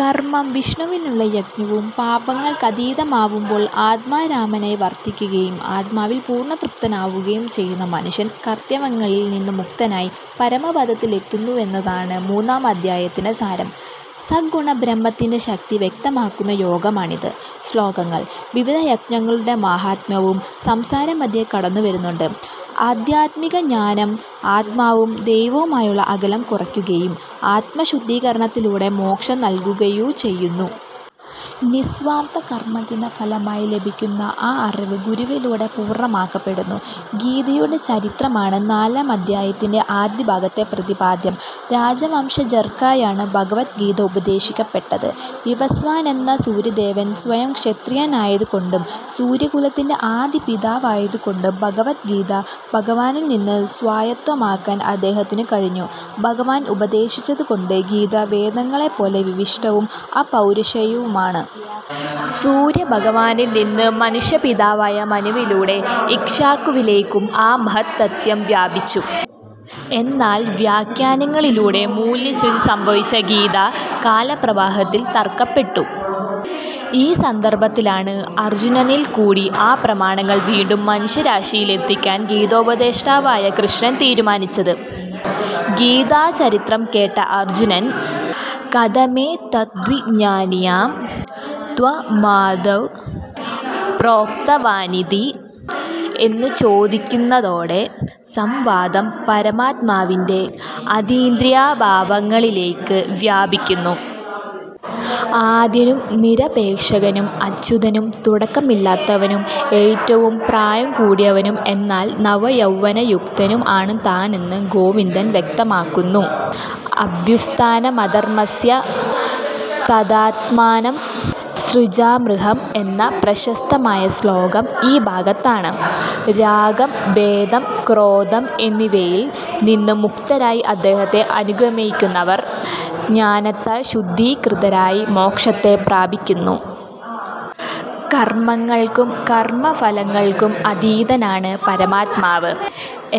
കർമം വിഷ്ണുവിനുള്ള യജ്ഞവും പാപങ്ങൾക്കതീതവുമാവുമ്പോൾ, ആത്മാരാമാനായി വർത്തിയ്ക്കുകയും ആത്മാവിൽ പൂർണതൃപ്തനാവുകയും ചെയ്യുന്ന മനുഷ്യൻ, കർത്തവ്യങ്ങളിൽ നിന്ന് മുക്തനായി പരമപദത്തിലെത്തുന്നുവെന്നതാണ് മൂന്നാമദ്ധ്യായത്തിന്റെ സാരം. സഗുണബ്രഹ്മത്തിന്റെ ശക്തി വ്യക്തമാക്കുന്ന യോഗമാണിത്, ശ്ലോകങ്ങൾ. വിവിധ യജ്ഞങ്ങളുടെ മാഹാത്മ്യവും സംസാരമധ്യേ കടന്നു വരുന്നുണ്ട്. ആദ്ധ്യാത്മികജ്ഞാനം ആത്മാവും ദൈവവുമായുള്ള അകലം കുറയ്ക്കുകയും ആത്മശുദ്ധീകരണത്തിലൂടെ മോക്ഷം നൽകുകയു ചെയ്യുന്നു. നിസ്സ്വാർത്ഥകർമ്മത്തിന്റെ ഫലമായി ലഭിയ്ക്കുന്ന ആ അറിവ് ഗുരുവിലൂടെ പൂർണമാക്കപ്പെടുന്നു. ഗീതയുടെ ചരിത്രമാണ് നാലാമദ്ധ്യായത്തിന്റെ ആദ്യ ഭാഗത്തെ പ്രതിപാദ്യം. രാജവംശജർക്കായാണ് ഭഗവദ് ഗീത ഉപദേശിയ്ക്കപ്പെട്ടത്. വിവസ്വാനെന്ന സൂര്യദേവൻ സ്വയം ക്ഷത്രിയനായതുകൊണ്ടും സൂര്യകുലത്തിന്റെ ആദിപിതാവായതുകൊണ്ടും ഭഗവദ്ഗീത ഭഗവാനിൽ നിന്ന് സ്വായത്തമാക്കാൻ അദ്ദേഹത്തിനു കഴിഞ്ഞു. ഭഗവാൻ ഉപദേശിച്ചതുകൊണ്ട് ഗീത വേദങ്ങളെപ്പോലെ വിശിഷ്ടവും അപൗരുഷേയവുമാണ്. സൂര്യഭഗവാനിൽ നിന്ന് മനുഷ്യപിതാവായ മനുവിലൂടെ ഇക്ഷ്വാകുവിലേയ്ക്കും ആ മഹത്സത്യം വ്യാപിച്ചു. എന്നാൽ വ്യാഖ്യാനങ്ങളിലൂടെ മൂല്യച്യുതി സംഭവിച്ച ഗീത കാലപ്രവാഹത്തിൽ തകർക്കപ്പെട്ടു. ഈ സന്ദർഭത്തിലാണ് അർജുനനിൽക്കൂടി ആ പ്രമാണങ്ങൾ വീണ്ടും മനുഷ്യരാശിയിലെത്തിയ്ക്കാൻ ഗീതോപദേഷ്ടാവായ കൃഷ്ണൻ തീരുമാനിച്ചത്. ഗീതാചരിത്രം കേട്ട അർജ്ജുനൻ; കഥമേതദ്വിജാനീയാം ത്വമാദൌ പ്രോക്തവാനിതി എന്നു ചോദിയ്ക്കുന്നതോടെ സംവാദം പരമാത്മാവിന്റെ അതീന്ദ്രിയഭാവങ്ങളിലേയ്ക്ക് വ്യാപിയ്ക്കുന്നു. ആദ്യനും നിരപേക്ഷനും അച്യുതനും തുടക്കമില്ലാത്തവനും ഏറ്റവും പ്രായം കൂടിയവനും എന്നാൽ നവയൗവനയുക്തനും ആണു താനെന്ന് ഗോവിന്ദൻ വ്യക്തമാക്കുന്നു. അഭ്യുത്ഥാനമധർമസ്യ തദാത്മാനം സൃജാമ്യഹം എന്ന പ്രശസ്തമായ ശ്ലോകം ഈ ഭാഗത്താണ്. രാഗം ഭേദം ക്രോധം എന്നിവയിൽ നിന്ന് മുക്തരായി അദ്ദേഹത്തെ അനുഗമിയ്ക്കുന്നവർ, ജ്ഞാനത്താൽ ശുദ്ധീകൃതരായി മോക്ഷത്തെ പ്രാപിയ്ക്കുന്നു. കർമങ്ങൾക്കും കർമഫലങ്ങൾക്കും അതീതനാണ് പരമാത്മാവ്.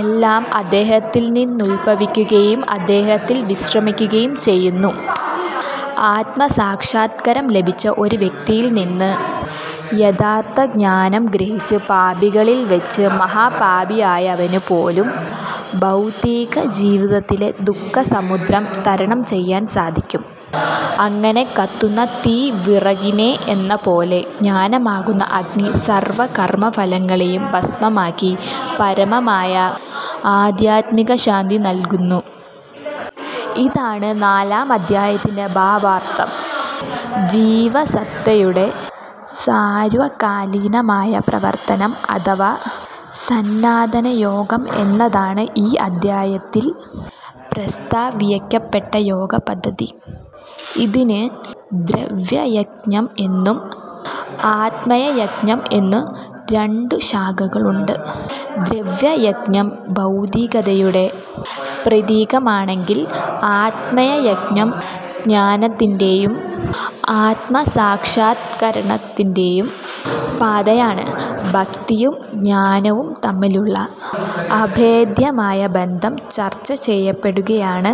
എല്ലാം അദ്ദേഹത്തിൽനിന്നുത്ഭവിയ്ക്കുകയും അദ്ദേഹത്തിൽ വിശ്രമിയ്ക്കുകയും ചെയ്യുന്നു. ആത്മസാക്ഷാത്കാരം ലഭിച്ച ഒരു വ്യക്തിയിൽ നിന്ന് യഥാർത്ഥജ്ഞാനം ഗ്രഹിച്ച് പാപികളിൽ വച്ച് മഹാപാപിയായവനു പോലും ഭൗതികജീവിതത്തിലെ ദുഃഖസമുദ്രം തരണം ചെയ്യാൻ സാധിയ്ക്കും. അങ്ങനെ കത്തുന്ന തീ വിറകിനെയെന്നപോലെ ജ്ഞാനമാകുന്ന അഗ്നി സർവ്വ കർമഫലങ്ങളെയും ഭസ്മമാക്കി പരമമായ ആദ്ധ്യാത്മികശാന്തി നൽകുന്നു. ഇതാണ് നാലാമധ്യായത്തിന്റെ ഭാവാർത്ഥം. ജീവസത്തയുടെ സാര്വകാലീനമായ പ്രവർത്തനം അഥവാ സനാതനയോഗം എന്നതാണ് ഈ അദ്ധ്യായത്തിൽ പ്രസ്താവിയ്ക്കപ്പെട്ട യോഗപദ്ധതി. ഇതിന് ദ്രവ്യയജ്ഞം എന്നും ആത്മയജ്ഞം എന്നും രണ്ടു ശാഖകളുണ്ട്. ദ്രവ്യയജ്ഞം ഭൗതികതയുടെ പ്രതീകമാണെങ്കിൽ ആത്മയജ്ഞം ജ്ഞാനത്തിന്റെയും ആത്മസാക്ഷാത്കരണത്തിന്റെയും പാതയാണ്. ഭക്തിയും ജ്ഞാനവും തമ്മിലുള്ള അഭേദ്യമായ ബന്ധം ചർച്ച ചെയ്യപ്പെടുകയാണ്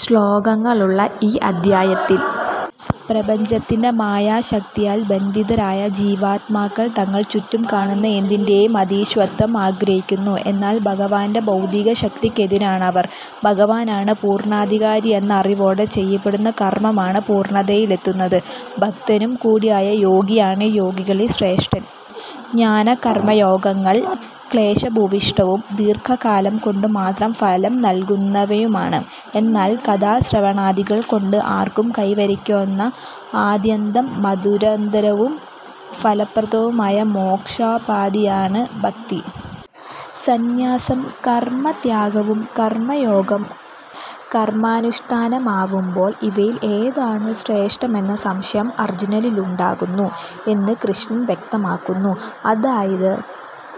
ശ്ലോകങ്ങളുള്ള ഈ അദ്ധ്യായത്തിൽ. പ്രപഞ്ചത്തിന്റെ മായാശക്തിയാൽ ബന്ധിതരായ ജീവാത്മാക്കൾ, തങ്ങൾ ചുറ്റും കാണുന്ന എന്തിന്റെയും അധീശത്വം ആഗ്രഹിയ്ക്കുന്നു. എന്നാൽ ഭഗവാന്റെ ഭൗതികശക്തിയ്ക്കധീനരാണവർ. ഭഗവാനാണ് പൂർണാധികാരിയെന്ന അറിവോടെ ചെയ്യപ്പെടുന്ന കർമമാണ് പൂർണതയിലെത്തുന്നത്. ഭക്തനും കൂടിയായ യോഗിയാണ് യോഗികളിൽ ശ്രേഷ്ഠൻ. ജ്ഞാനകർമയോഗങ്ങൾ ക്ലേശഭൂവിഷ്ടവും ദീർഘകാലം കൊണ്ടുമാത്രം ഫലം നൽകുന്നവയുമാണ്. എന്നാൽ കഥാശ്രവണാദികൾ കൊണ്ട് ആർക്കും കൈവരിയ്ക്കാവുന്ന ആദ്യന്തം മധുരതരവും ഫലപ്രദവുമായ മോക്ഷോപാധിയാണ് ഭക്തി. സന്യാസം കർമത്യാഗവും, കർമയോഗം കർമാനുഷ്ടാനവുമാവുമ്പോൾ ഇവയിൽ ഏതാണു ശ്രേഷ്ഠമെന്ന സംശയം അർജ്ജുനനിലുണ്ടാകുന്നു. എന്ന് കൃഷ്ണൻ വ്യക്തമാക്കുന്നു. അതായത്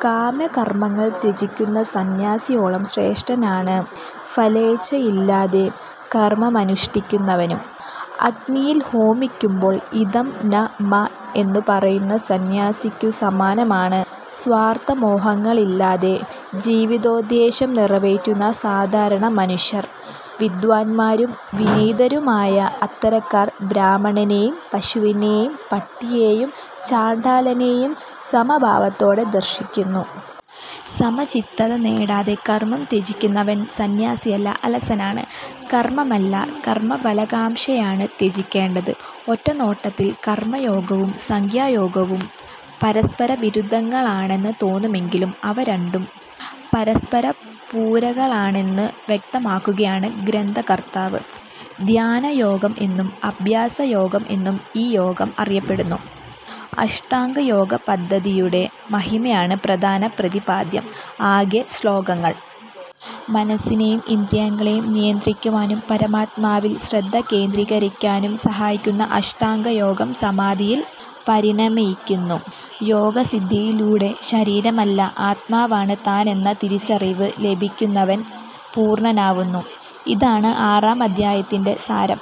കാമ്യകർമങ്ങൾ ത്യജിയ്ക്കുന്ന സന്യാസിയോളം ശ്രേഷ്ഠനാണ് ഫലേച്ഛയില്ലാതെ കർമമനുഷ്ടിയ്ക്കുന്നവനും. അഗ്നിയിൽ ഹോമിയ്ക്കുമ്പോൾ "ഇദം ന മമ" എന്നു പറയുന്ന സന്യാസിക്കു സമനാണ് സ്വാർത്ഥമോഹങ്ങളില്ലാതെ ജീവിതോദ്ദേശ്യം നിറവേറ്റുന്ന സാധാരണമനുഷ്യർ. വിദ്വാന്മാരും വിനീതരുമായ അത്തരക്കാർ ബ്രാഹ്മണനെയും പശുവിനെയും പട്ടിയേയും ചണ്ഡാലനെയും സമഭാവത്തോടെ ദർശിക്കുന്നു. സമചിത്തത നേടാതെ കർമം ത്യജിയ്ക്കുന്നവൻ സന്യാസിയല്ല, അലസനാണ്. കർമമല്ല കർമഫലകാംക്ഷയാണ് ത്യജിയ്ക്കേണ്ടത്. ഒറ്റനോട്ടത്തിൽ കർമയോഗവും സാംഖ്യയോഗവും പരസ്പരവിരുദ്ധങ്ങളാണെന്നു തോന്നുമെങ്കിലും അവരണ്ടും പരസ്പരപൂരകങ്ങളാണെന്നു വ്യക്തമാക്കുകയാണ് ഗ്രന്ഥകർത്താവ്. ധ്യാന യോഗം എന്നും അഭ്യാസയോഗം എന്നും ഈ യോഗം അറിയപ്പെടുന്നു. അഷ്ടാംഗ യോഗ പദ്ധതിയുടെ മഹിമയാണ് പ്രധാന പ്രതിപാദ്യം. ആകെ ശ്ലോകങ്ങൾ. മനസ്സിനെയും ഇന്ദ്രിയങ്ങളെയും നിയന്ത്രിക്കുവാനും പരമാത്മാവിൽ ശ്രദ്ധ കേന്ദ്രീകരിയ്ക്കാനും സഹായിക്കുന്ന അഷ്ടാംഗ യോഗം സമാധിയിൽ പരിണമിയ്ക്കുന്നു. യോഗസിദ്ധിയിലൂടെ ശരീരമല്ല ആത്മാവാണ് താൻ എന്ന തിരിച്ചറിവ് ലഭിയ്ക്കുന്നവൻ പൂർണനാവുന്നു. ഇതാണ് ആറാമദ്ധ്യായത്തിൻറെ സാരം.